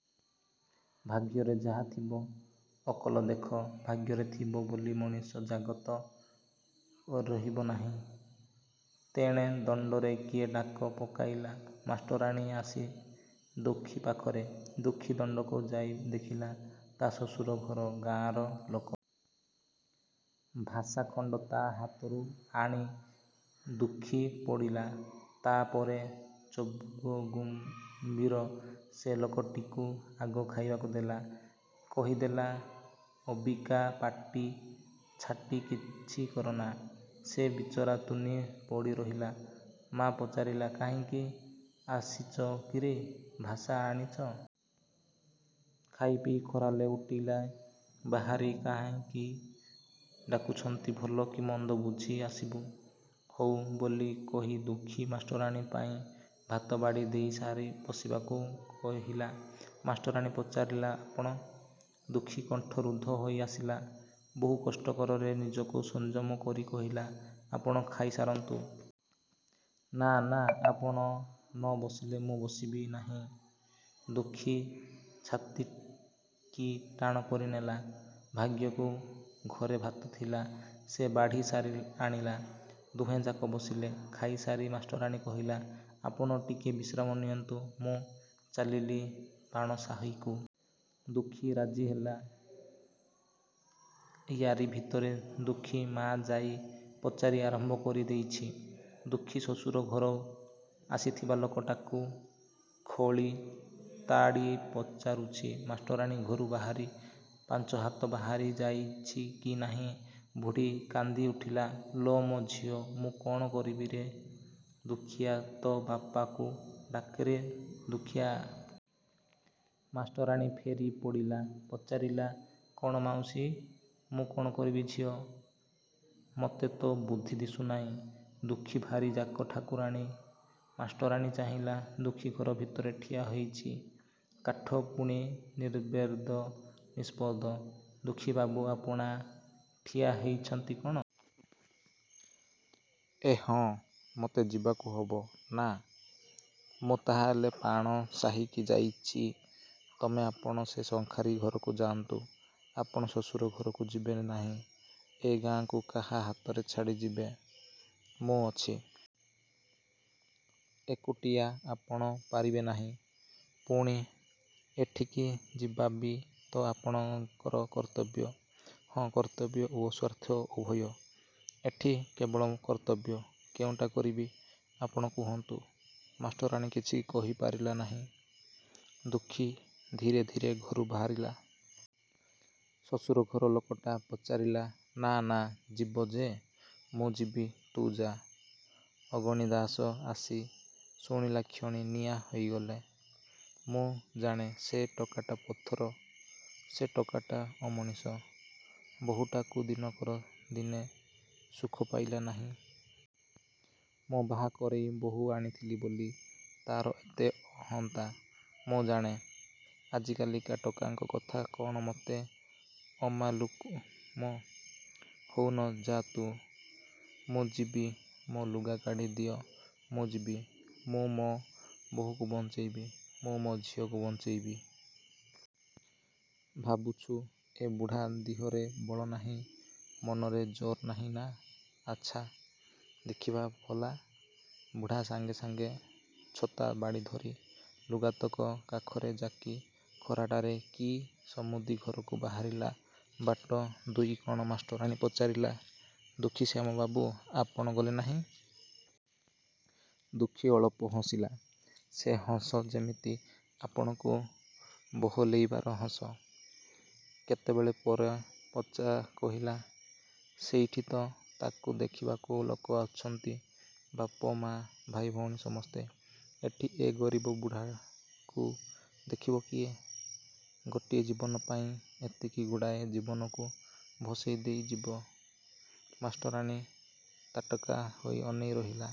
' ''ଭାଗ୍ୟରେ ଯାହା ଥିବ। '' ''ଅକଲ ଦେଖ। ଭାଗ୍ୟରେ ଥିବ ବୋଲି ମଣିଷ ଜାଗତା ରହିବ ନାହିଁ। '' ତେଣେ ଦାଣ୍ଡରେ କିଏ ଡାକ ପକେଇଲା। ମାଷ୍ଟରାଣୀ ଆସି ଦୁଃଖୀ ପାଖରେ। ଦୁଃଖୀ ଦାଣ୍ଡକୁ ଯାଇ ଦେଖିଲା, ତା' ଶ୍ୱଶୁର ଘର ଗାଁର ଲୋକ। ଭାଷା ଖଣ୍ଡ ତା' ହାତରୁ ଆଣି ଦୁଃଖୀ ପଢ଼ିଲା। ତା'ପରେ ଚୁପ୍ଗ ମ୍ଭୀର। ସେ ଲୋକଟିକୁ ଆଗ ଖାଇବାକୁ ଦେଲା। କହିଦେଲା ଅବିକା ପାଟି ଛାଟି କିଛି କରନା। ସେ ବିଚରା ତୁନି ପଡ଼ି ରହିଲା। ମା ପଚାରିଲା ''କାହିଁକି ଆସିଚ କିରେ? '' ''ଭାଷା ଆଣିଚି। ଖାଇପିଇ ଖରା ଲେଉଟିଲେ ବାହାରି ଯାକାହିଁକି ଡାକିଛନ୍ତି ଭଲ କି ମନ୍ଦ ବୁଝି ଆସିବୁ। '' 'ହୋଉ' ବୋଲି କହି ଦୁଃଖୀ ମାଷ୍ଟରାଣୀ ପାଇଁ ଭାତ ବାଢ଼ି ଦେଇ ବସିବାକୁ କହିଲା। ମାଷ୍ଟରାଣୀ ପଚାରିଲା 'ଆପଣ? ' ଦୁଃଖୀ କଣ୍ଠରୁଦ୍ଧ ହେଇ ଆସିଲା। ବହୁକଷ୍ଟରେ ନିଜକୁ ସଂଯମ କରି କହିଲା 'ଆପଣ ଖାଇସାରନ୍ତୁ। ' 'ନା ନା ଆପଣ ନ ବସିଲେ ମୁଁ ବସିବି ନାହିଁ। '' ଦୁଃଖୀ ଛାତିକି ଟାଣ କରିନେଲା। ଭାଗ୍ୟକୁ ଘରେ ଭାତ ଥିଲା। ସେ ବାଢ଼ି ଆଣିଲା। ଦୁହେଁଯାକ ବସିଲେ। ଖାଇସାରି ମାଷ୍ଟରାଣୀ କହିଲା ଆପଣ ଟିକିଏ ବିଶ୍ରାମ ନିଅନ୍ତୁ। ମୁଁ ଚାଲିଲି ପାଣ ସାହିକୁ। ଦୁଃଖୀ ରାଜିହେଲା। ଇୟାରି ଭିତରେ ଦୁଃଖୀ ମା ଯାଇ ପଚାରି ଆରମ୍ଭ କରି ଦେଇଚି, ଦୁଃଖୀ ଶ୍ୱଶୁର ଘରୁ ଆସିଥିବା ଲୋକଟିକୁ। ଖୋଳି ତାଡ଼ି ପଚାରୁଛି। ମାଷ୍ଟରାଣୀ ଘରୁ ବାହାରି ପାଞ୍ଚହାତ ବାହାରି ଯାଇଛି କି ନାହିଁ, ବୁଢ଼ୀ କାନ୍ଦିଉଠିଲା ''ଲୋ ମୋ ଝିଅ ମୁଁ କ'ଣ କରିବିରେ ଦୁଃଖୀଆ ତୋ ବାପକୁ ଡାକରେ ଦୁଃଖିଆ। '' ମାଷ୍ଟରାଣୀ ଫେରି ପଡ଼ିଲା। ପଚାରିଲା 'କ'ଣ ମାଉସୀ? '' 'ମୁଁ କ'ଣ କରିବି ଝିଅ? ମୋତେ ତ ବୁଦ୍ଧି ଦିଶୁନାହିଁ। ଦୁଃଖୀ ଭାରିଯାକୁ ଠାକୁରାଣୀ '। ମାଷ୍ଟରାଣୀ ଚାହିଁଲା। ଦୁଃଖୀ ଘର ଭିତରେ ଠିଆ ହେଇଚି କାଠ ପୁଣି ନିର୍ବେଦ ନିସ୍ପନ୍ଦ । ''ଦୁଃଖୀବାବୁ ଆପଣ ଠିଆ ହେଇଚନ୍ତି କ'ଣ? ' ''ଏହଁ। ମୋତେ ଯିବାକୁ ହବ, ନା? ମୁଁ ତାହାହେଲେ ପାଣ ସାହିକି ଯାଉଚି ତମେ ଆପଣ ସେ ଶଙ୍ଖାରି ଘରକୁ ଯାଆନ୍ତୁ। '' ''ଆପଣ ଶ୍ୱଶୁର ଘରକୁ ଯିବେ ନାଇଁ? '' ''ଏ ଗାଁକୁ କାହା ହାତରେ ଛାଡ଼ି ଯିବି? '' ''ମୁଁ ଅଛି। '' ''ଏକୁଟିଆ ଆପଣ ପାରିବେ ନାହିଁ। '' ''ପୁଣି ସେଠିକି ଯିବାବି ତ ଆପଣଙ୍କର କର୍ତ୍ତବ୍ୟ। '' ''ହଁ, କର୍ତ୍ତବ୍ୟ ଓ ସ୍ୱାର୍ଥ ଉଭୟ। ଏଠି କେବଳ କର୍ତ୍ତବ୍ୟ। କେଉଁଟା କରିବି? ଆପଣ କହନ୍ତୁ। '' ମାଷ୍ଟରାଣୀ କିଛି କହିପାରିଲା ନାହିଁ। ଦୁଃଖୀ ଧୀରେ ଧୀରେ ଘରୁ ବାହାରିଲା। ଶ୍ୱଶୁର ଘର ଲୋକଟା ପଚାରିଲା ''ନା ନା ଯିବ ଯେ। '' ''ମୁଁ ଯିବି, ତୁ ଯା। '' ଅଗଣିଦାଶ ଆସି ଶୁଣିଲାକ୍ଷଣି ନିଆଁ ହେଇଗଲା। ''ମୁଁ ଜାଣେ ସେ ଟୋକାଟା ପଥର ସେ ଟୋକାଟା ଅମଣିଷ। ବହୂଟାକୁ ଦିନକର ଦିନେ ସୁଖ ପାଇଲା ନାହିଁ। ମୁଁ ବାହା କରେଇ ବହୂ ଆଣିଥିଲି ବୋଲି ତା'ର ଏତେ ଅହନ୍ତା। ମୁଁ ଜାଣେ। ଆଜିକାଲିକା ଟୋକାଙ୍କ କଥା କ'ଣ ମୋତେ ଅମାଲୁମ? ହଉ ନ ଯା' ତୁ! ମୁଁ ଯିବି ମୋ ଲୁଗା କାଢ଼ି ଦିଅ ମୁଁ ଯିବି। ମୁଁ ମୋ ବହୂକୁ ବଞ୍ଚେଇବି ମୁଁ ମୋ ଝିଅକୁ ବଞ୍ଚେଇବି। ଭାବିଛୁ ଏ ବୁଢ଼ା ଦିହରେ ବଳ ନାହିଁ ମନରେ ଜୋର୍ ନାହିଁ ନା? ଆଚ୍ଛା, ଦେଖିବା ଭଲା। '' ବୁଢ଼ା ସାଙ୍ଗେ ସାଙ୍ଗେ ଛତା ବାଡ଼ି ଧରି ଲୁଗାତକ କାଖରେ ଯାକି ଖରାଟାରେ କି ସମୁଦିଘରକୁ ବାହାରିଲା ବାଟ ଦୁଇକୋଶ। ମାଷ୍ଟରାଣୀ ପଚାରିଲା ''ଦୁଃଖୀଶ୍ୟାମବାବୁ, ଆପଣ ଗଲେ ନାହିଁ? '' ଦୁଃଖୀ ଅଳପ ହସିଲା। ସେ ହସ ଯେମିତି ଆପଣାକୁ ବହଲେଇବାର ହସ। କେତେବେଳ ପରେ କହିଲା 'ସେଠିତ ତାକୁ ଦେଖିବାକୁ ଲୋକ ଅଛନ୍ତି ବାପ ମା, ଭାଇଭଉଣୀ ସମସ୍ତେ। ଏଠି ଏ ଗରିବଗୁଡ଼ାଙ୍କୁ ଦେଖିବ କିଏ? ଗୋଟିଏ ଜୀବନପାଇଁ ଏତିକିଗୁଡ଼ିଏ ଜୀବନକୁ ଭସେଇ ଦେଇ ଯିବି? '' ମାଷ୍ଟରାଣୀ ତାଟକା ହୋଇ ଅନେଇ ରହିଲା।